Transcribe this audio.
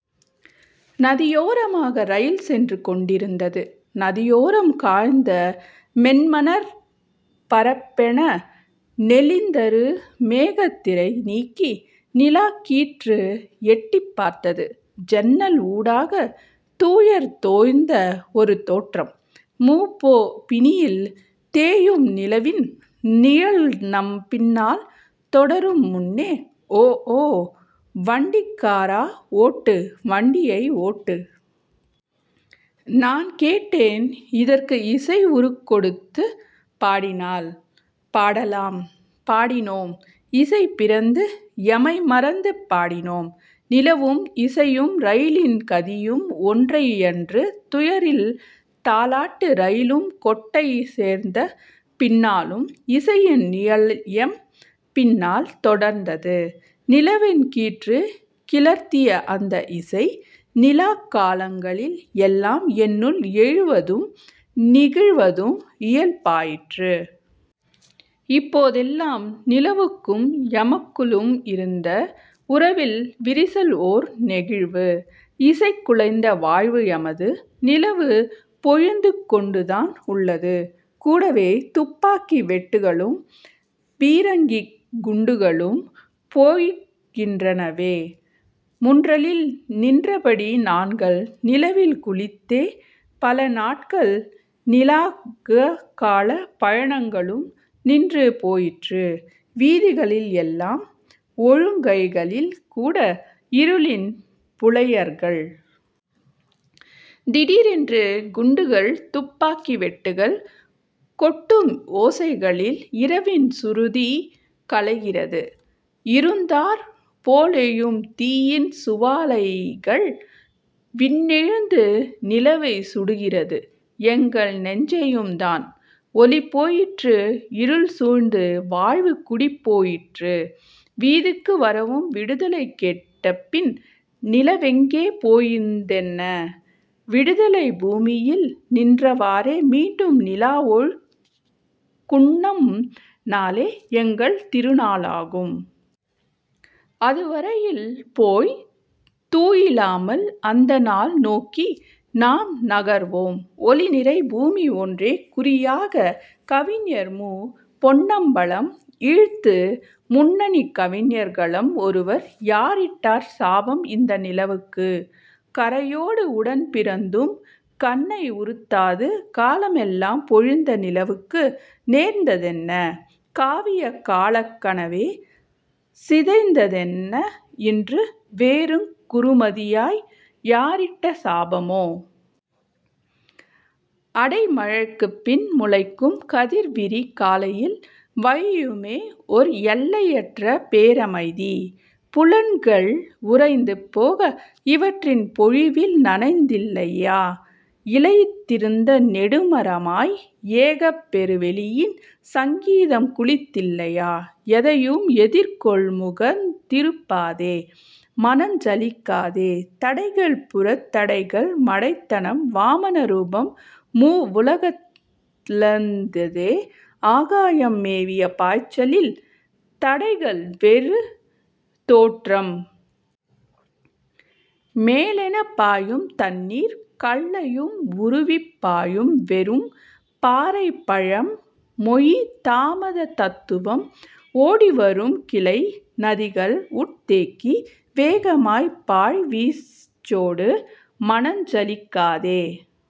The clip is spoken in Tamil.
நதியோரமாக ரயில் சென்று கொண்டிருந்தது. நதியோரம் காய்ந்த மென்மணற் பரப்பென நெளிதரு மேகத் திரைநீக்கி நிலாக்கீற்று எட்டிப் பார்த்தது. ஜன்னல் ஊடாக தூயர்தோய்ந்த ஒரு தோற்றம். மு. பொ. பிணியில் தேயும் நிலவின் நிழல்நம் பின்னால் தொடரும் முன்னே ஓஓ வண்டிக் காரா ஒட்டு வண்டியை ஒட்டு. நான்கேட்டேன் இதற்கு இசை உருக்கொடுத்துப் பாடினால்? பாடலாம். பாடினோம். இசைபிறந்து எமைமறந்து பாடினோம். நிலவும் இசையும் ரயிலின் கதியும் ஒன்றை யன்று துயரில் தாலாட்ட ரயிலும் கோட்டை சேர்ந்த பின்னாலும் இசையின் நிழல்எம் பின்னால் தொடர்ந்தது. நிலவின் கீற்றுக் கிளர்த்திய அந்த இசை நிலாக் காலங்களில் எல்லாம் என்னுள் எழுவதும் நிகழ்வதும் இயல்பாயிற்று. இப்போ தெல்லாம் நிலவுக்கும் எமக்குள்ளும் இருந்த உறவில் விரிசல் ஓர் நெகிழ்வு. இசைக்குலைந்த வாழ்வு எமது. நிலவு பொழிந்து கொண்டுதான் உள்ளது கூடவே துப்பாக்கி வேட்டுகளும் பீரங்கிக் குண்டுகளும் பொழிகின்றனவே. முன்றலில் நின்றபடி நாங்கள் நிலவில் குளித்தே பலநாட்கள். நிலாக்கு கால பயணங்களும் நின்று போயிற்று வீதிகளில் எல்லாம் ஒழுங்கைகளில் கூட இருளின் புலையர்கள். திடீரென்று குண்டுகள் துப்பாக்கி வேட்டுகள் கொட்டும் ஓசைகளில் இரவின் சுருதி கலைகிறது. இருந்தாற் போலெழும் தீயின் சுவாலைகள் விண்ணெழுந்து நிலவைச் சுடுகிறது. எங்கள் நெஞ்சையும்தான். ஒளிபோயிற்று; இருள்சூழ்ந்து வாழ்வு குடிபோயிற்று. வீதிக்கு வரவும் விடுதலை கெட்டபின் நிலவெங்கே பொழிந்தென்ன? விடுதலைப் பூமியில் நின்றவாறே மீண்டும் நிலாவொழ் குண்ணும் நாளே எங்கள் திருநாளாகும். அதுவரையில் போய்த் தூயிலாமல் அந்தநாள் நோக்கி நாம் நகர்வோம் ஒளிநிறை பூமி ஒன்றே குறியாக. கவிஞர் மு. பொன்னம்பலம் ஈழ்த்து முன்னணிக் கவிஞர்களம் ஒருவர். யாரிட்டார் சாபம் இந்த நிலவுக்கு? கறையோடு உடன் பிறந்தும் கண்ணை உறுத்தாது காலமெலாம் பொழிந்த நிலவுக்கு நேர்ந்த தென்ன? காவிய காலக் கனவே சிதைந்ததென்ன இன்று வெறுங் குறுமதியாய் யாரிட்ட சாபமோ? அடை மழைக்குப் பின் முளைக்கும் கதிர் விரி காலையில் வழியுமே ஓர் எல்லையற்ற பேரமைதி. புலன்கள் உறைந்து போக இவற்றின் பொழிவில் நனைந்தில்லையா? இலையுதிர்ந்த நெடுமரமாய் ஏகப் பெரு வெளியின் சங்கீதம் குளித்தில்லையா? எதையும் எதிர்கொள் முகந் திருப்பாதே மனஞ் சலிக்காதே. தடைகள் புறத் தடைகள் மடைத்தனம் வாமன ரூபம் மூவுலகளந்ததே ஆகாயம் மேவிய பாய்ச்சலில் தடைகள் வெறுந் தோற்றம். மெலெனப் பாயும் தண்ணீர் கல்லையும் உருவிப் பாயும் வெறும் பாறைப் பழம் மொழி தாமதத் தத்துவம். ஓடிவரும் கிளை நதிகள் உட் தேக்கி வேகமாய்ப் பாய் வீச்சோடு. மனஞ் சலிக்காதே